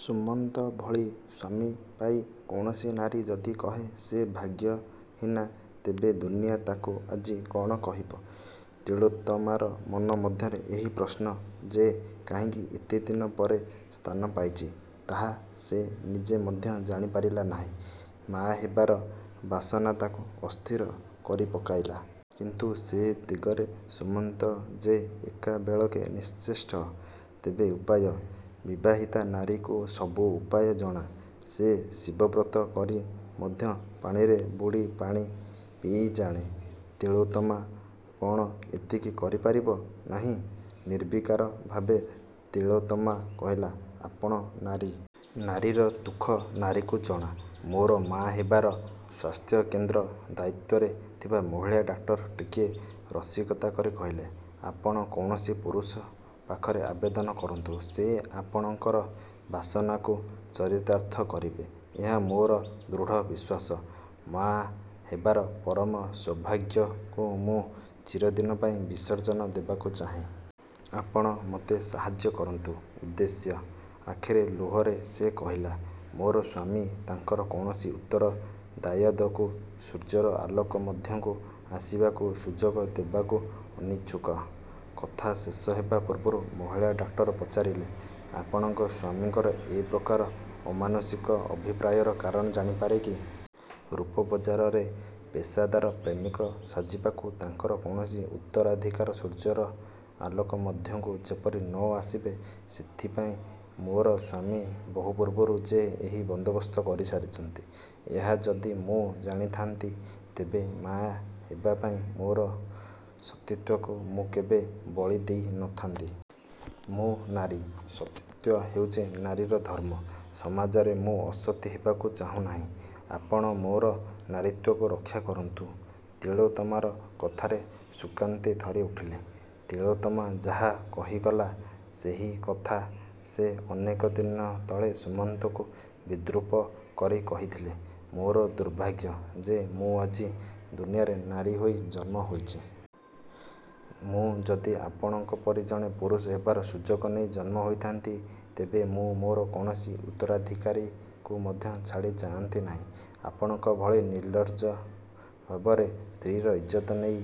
ସୁମନ୍ତ ଭଳି ସ୍ୱାମୀ ପାଇ କୌଣସି ନାରୀ ଯଦି କହେ ସେ ଭାଗ୍ୟହୀନା, ତେବେ ଦୁନିଆ ତାକୁ ଆଜି କ'ଣ କହିବ? ତିଳୋତ୍ତମାର ମନ ମଧ୍ୟରେ ଏହି ପ୍ରଶ୍ନ ଯେ କାହିଁକି ଏତେଦିନ ପରେ ସ୍ଥାନପାଇଛି ତାହା ସେ ନିଜେ ମଧ୍ୟ ଜାଣିପାରିଲା ନାହିଁ। ମା' ହେବାର ବାସନା ତାକୁ ଅସ୍ଥିର କରିପକାଇଲା। କିନ୍ତୁ ସେ ଦିଗରେ ସୁମନ୍ତ ଯେ ଏକାବେଳକେ ନିଶ୍ଚେଷ୍ଟ। ତେବେ ଉପାୟ? ବିବାହିତା ନାରୀକୁ ସବୁ ଉପାୟ ଜଣା। ସେ ଶିବବ୍ରତ କରି ମଧ୍ୟ ପାଣିରେ ବୁଡ଼ି ପାଣି ପିଇଜାଣେ। ତିଳୋତ୍ତମା କ'ଣ ଏତିକି କରିପାରିବ ନାହିଁ? ନିର୍ବିକାର ଭାବେ ତିଳୋତ୍ତମା କହିଲା, ''ଆପଣ ନାରୀ। ନାରୀର ଦୁଃଖ ନାରୀକୁ ଜଣା-। ମୋର ମା' ହେବାର। '' ସ୍ୱାସ୍ଥ୍ୟକେନ୍ଦ୍ର ଦାୟିତ୍ଵରେ ଥିବା ମହିଳା ଡାକ୍ତର ଟିକିଏ ରସିକତା କରି କହିଲେ, ''ଆପଣ କୌଣସି ପୁରୁଷ ପାଖରେ ଆବେଦନ କରନ୍ତୁ। ସେ ଆପଣଙ୍କର ବାସନାକୁ ଚରିତାର୍ଥ କରିବେ। ଏହା ମୋର ଦୃଢ଼ ବିଶ୍ୱାସ। '' ''ମାଆ ହେବାର ପରମ ସୌଭାଗ୍ୟକୁ ମୁଁ ଚିରଦିନ ପାଇଁ ବିସର୍ଜନ ଦେବାକୁ ଚାହେଁ। ଆପଣ ମୋତେ ସାହାଯ୍ୟ କରନ୍ତୁ। '' ''ଉଦ୍ଦେଶ୍ୟ? '' ଆଖିର ଲୁହରେ ସେ କହିଲା, ''ମୋର ସ୍ୱାମୀ ତାଙ୍କର କୌଣସି ଉତ୍ତରଦାୟାଦକୁ ସୂର୍ଯ୍ୟର ଆଲୋକ ମଧ୍ୟକୁ ଆସିବାକୁ ସୁଯୋଗ ଦେବାକୁ ଅନିଚ୍ଛୁକ। '' କଥା ଶେଷହେବା ପୂର୍ବରୁ ମହିଳା ଡାକ୍ତର ପଚାରିଲେ, ''ଆପଣଙ୍କ ସ୍ୱାମୀଙ୍କର ଏ ପ୍ରକାର ଅମାନୁଷିକ ଅଭିପ୍ରାୟର କାରଣ ଜାଣିପାରେ କି? '' ''ରୂପ ବଜାରରେ ପେଶାଦାର ପ୍ରେମିକ ସାଜିବାକୁ ତାଙ୍କର କୌଣସି ଉତ୍ତରାଧିକାରୀ ସୂର୍ଯ୍ୟର ଆଲୋକ ମଧ୍ୟକୁ ଯେପରି ନ ଆସିବେ ସେଥିପାଇଁ ମୋର ସ୍ୱାମୀ ବହୁ ପୂର୍ବରୁ ଯେ ଏହି ବନ୍ଦୋବସ୍ତ କରିସାରିଛନ୍ତି ଏହା ଯଦି ମୁଁ ଜାଣିଥାନ୍ତି ତେବେ ମାଆ ହେବାପାଇଁ ମୋର ସତୀତ୍ୱକୁ ମୁଁ କେବେ ବଳିଦେଇ ନ ଥାନ୍ତି। ମୁଁ ନାରୀ। ସତୀତ୍ୱ ହେଉଛି ନାରୀର ଧର୍ମ। ସମାଜରେ ମୁଁ ଅସତୀ ହେବାକୁ ଚାହୁଁନାହିଁ। ଆପଣ ମୋର ନାରୀତ୍ୱକୁ ରକ୍ଷା କରନ୍ତୁ। '' ତିଳୋତ୍ତମାର କଥାରେ ସୁକାନ୍ତୀ ଥରିଉଠିଲେ। ତିଳୋତ୍ତମା ଯାହା କହିଗଲା, ସେହି କଥା ସେ ଅନେକ ଦିନ ତଳେ ସୁମନ୍ତକୁ ବିଦ୍ରୂପ କରି କହିଥିଲେ-''ମୋର ଦୁର୍ଭାଗ୍ୟ ଯେ ମୁଁ ଆଜି ଦୁନିଆରେ ନାରୀ ହୋଇ ଜନ୍ମହୋଇଛି। ମୁଁ ଯଦି ଆପଣଙ୍କ ପରି ଜଣେ ପୁରୁଷ ହେବାର ସୁଯୋଗ ନେଇ ଜନ୍ମ ହେଇଥାନ୍ତି, ତେବେ ମୁଁ ମୋର କୌଣସି ଉତ୍ତରାଧିକାରୀକୁ ମଧ୍ୟ ଛାଡ଼ି ଯାଆନ୍ତି ନାହିଁ ଆପଣଙ୍କ ଭଳି ନିର୍ଲଜ ଭାବରେ ସ୍ତ୍ରୀର ଇଜ୍ଜତ୍ ନେଇ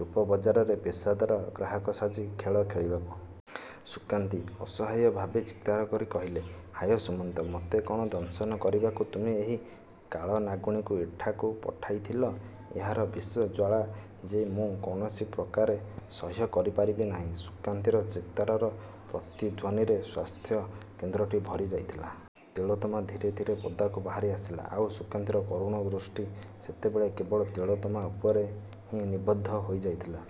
ରୂପ ବଜାରରେ ପେଶାଦାର ଗ୍ରାହକ ସାଜି ଖେଳ ଖେଳିବାକୁ। '' ସୁକାନ୍ତୀ ଅସହାୟ ଭାବେ ଚିତ୍କାର କରି କହିଲେ, ''ହାୟ ସୁମନ୍ତ! ମୋତେ କ'ଣ ଦଂଶନ କରିବାକୁ ତୁମେ ଏହି କାଳନାଗୁଣୀକୁ ଏଠାକୁ ପଠାଇଥିଲ? ଏହାର ବିଷଜ୍ୱାଳା ଯେ ମୁଁ କୌଣସି ପ୍ରକାରେ ସହ୍ୟ କରିପାରିବି ନାହିଁ। '' ସୁକାନ୍ତୀର ଚିତ୍କାରର ପ୍ରତିଧ୍ୱନିରେ ସ୍ୱାସ୍ଥ୍ୟ କେନ୍ଦ୍ରଟି ଭରି ଯାଇଥିଲା। ତିଳୋତ୍ତମା ଧୀରେ ଧୀରେ ପଦାକୁ ବାହାରି ଆସିଲା। ଆଉ ସୁକାନ୍ତୀର କରୁଣ ଦୃଷ୍ଟି ସେତେବେଳେ କେବଳ ତିଳୋତ୍ତମା ଉପରେ ହିଁ ନିବଦ୍ଧ ହୋଇଯାଇଥିଲା।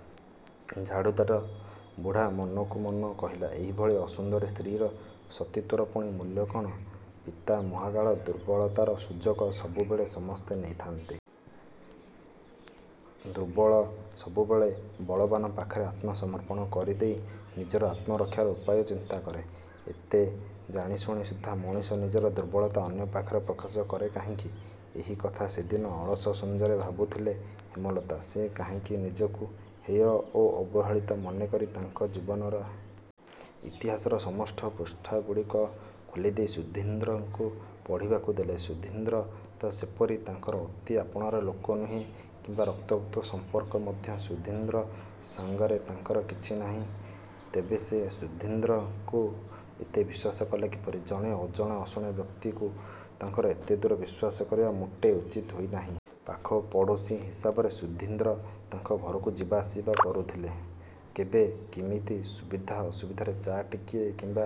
ଝାଡ଼ୁଦାର ବୁଢ଼ା ମନକୁ ମନ କହିଲା, ''ଏହିଭଳି ଅସୁନ୍ଦରୀ ସ୍ତ୍ରୀର ସତୀତ୍ୱର ପୁଣି ମୂଲ୍ୟ କ'ଣ? '' ପିତା ମହାକାଳ ଦୁର୍ବଳତାର ସୁଯୋଗ ସବୁବେଳେ ସମସ୍ତେ ନେଇଥାନ୍ତି। ଦୁର୍ବଳ ସବୁବେଳେ ବଳବାନ ପାଖରେ ଆତ୍ମସମର୍ପଣ କରିଦେଇ ନିଜର ଆତ୍ମରକ୍ଷାର ଉପାୟ ଚିନ୍ତାକରେ। ଏତେ ଜାଣିଶୁଣି ସୁଦ୍ଧା ମଣିଷ ନିଜର ଦୁର୍ବଳତା ଅନ୍ୟ ପାଖରେ ପ୍ରକାଶ କରେ କାହିଁକି? ଏହିକଥା ସେଦିନ ଅଳସ ସଞ୍ଜରେ ଭାବୁଥିଲେ ହେମଲତା। ସେ କାହିଁକି ନିଜକୁ ହେୟ ଓ ଅବହେଳିତ ମନେକରି ତାଙ୍କ ଜୀବନର। ଇତିହାସର ସମସ୍ତ ପୃଷ୍ଠାଗୁଡ଼ିକ ଖୋଲିଦେଇ ସୁଧୀନ୍ଦ୍ରକୁ ପଢ଼ିବାକୁ ଦେଲେ? ସୁଧୀନ୍ଦ୍ର ତ ସେପରି ତାଙ୍କର ଅତି ଆପଣାର ଲୋକ ନୁହେଁ କିମ୍ବା ରକ୍ତଗତ ସମ୍ପର୍କ ମଧ୍ୟ ସୁଧୀନ୍ଦ୍ର ସଙ୍ଗରେ ତାଙ୍କର କିଛି ନାହିଁ। ତେବେ ସେ ସୁଧୀନ୍ଦ୍ରକୁ ଏତେ ବିଶ୍ୱାସ କଲେ କିପରି? ଜଣେ ଅଜଣା ଅଶୁଣା ବ୍ୟକ୍ତିକୁ ତାଙ୍କର ଏତେଦୂର ବିଶ୍ୱାସ କରିବା ମୋଟେ ଉଚିତ ହୋଇନାହିଁ। ପାଖ ପଡ଼ୋଶୀ ହିସାବରେ ସୁଧୀନ୍ଦ୍ର ତାଙ୍କ ଘରକୁ ଯିବା ଆସିବା କରୁଥିଲେ। କେବେ କିମିତି ସୁବିଧା ଅସୁବିଧାରେ ଚା' ଟିକିଏ କିମ୍ବା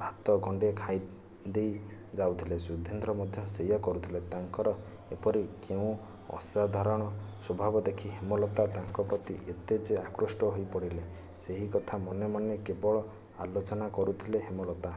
ଭାତ ଗଣ୍ଡିଏ ଖାଇଦେଇ ଯାଉଥିଲେ। ସୁଧୀନ୍ଦ୍ର ମଧ୍ୟ ସେୟା କରୁଥିଲେ। ତାଙ୍କର ଏପରି କେଉଁ ଅସାଧାରଣ ସ୍ୱଭାବ ଦେଖି ହେମଲତା ତାଙ୍କ ପ୍ରତି ଏତେ ଯେ ଆକୃଷ୍ଟ ହୋଇପଡ଼ିଲେ, ସେହିକଥା ମନେମନେ କେବଳ ଆଲୋଚନା କରୁଥିଲେ ହେମଲତା।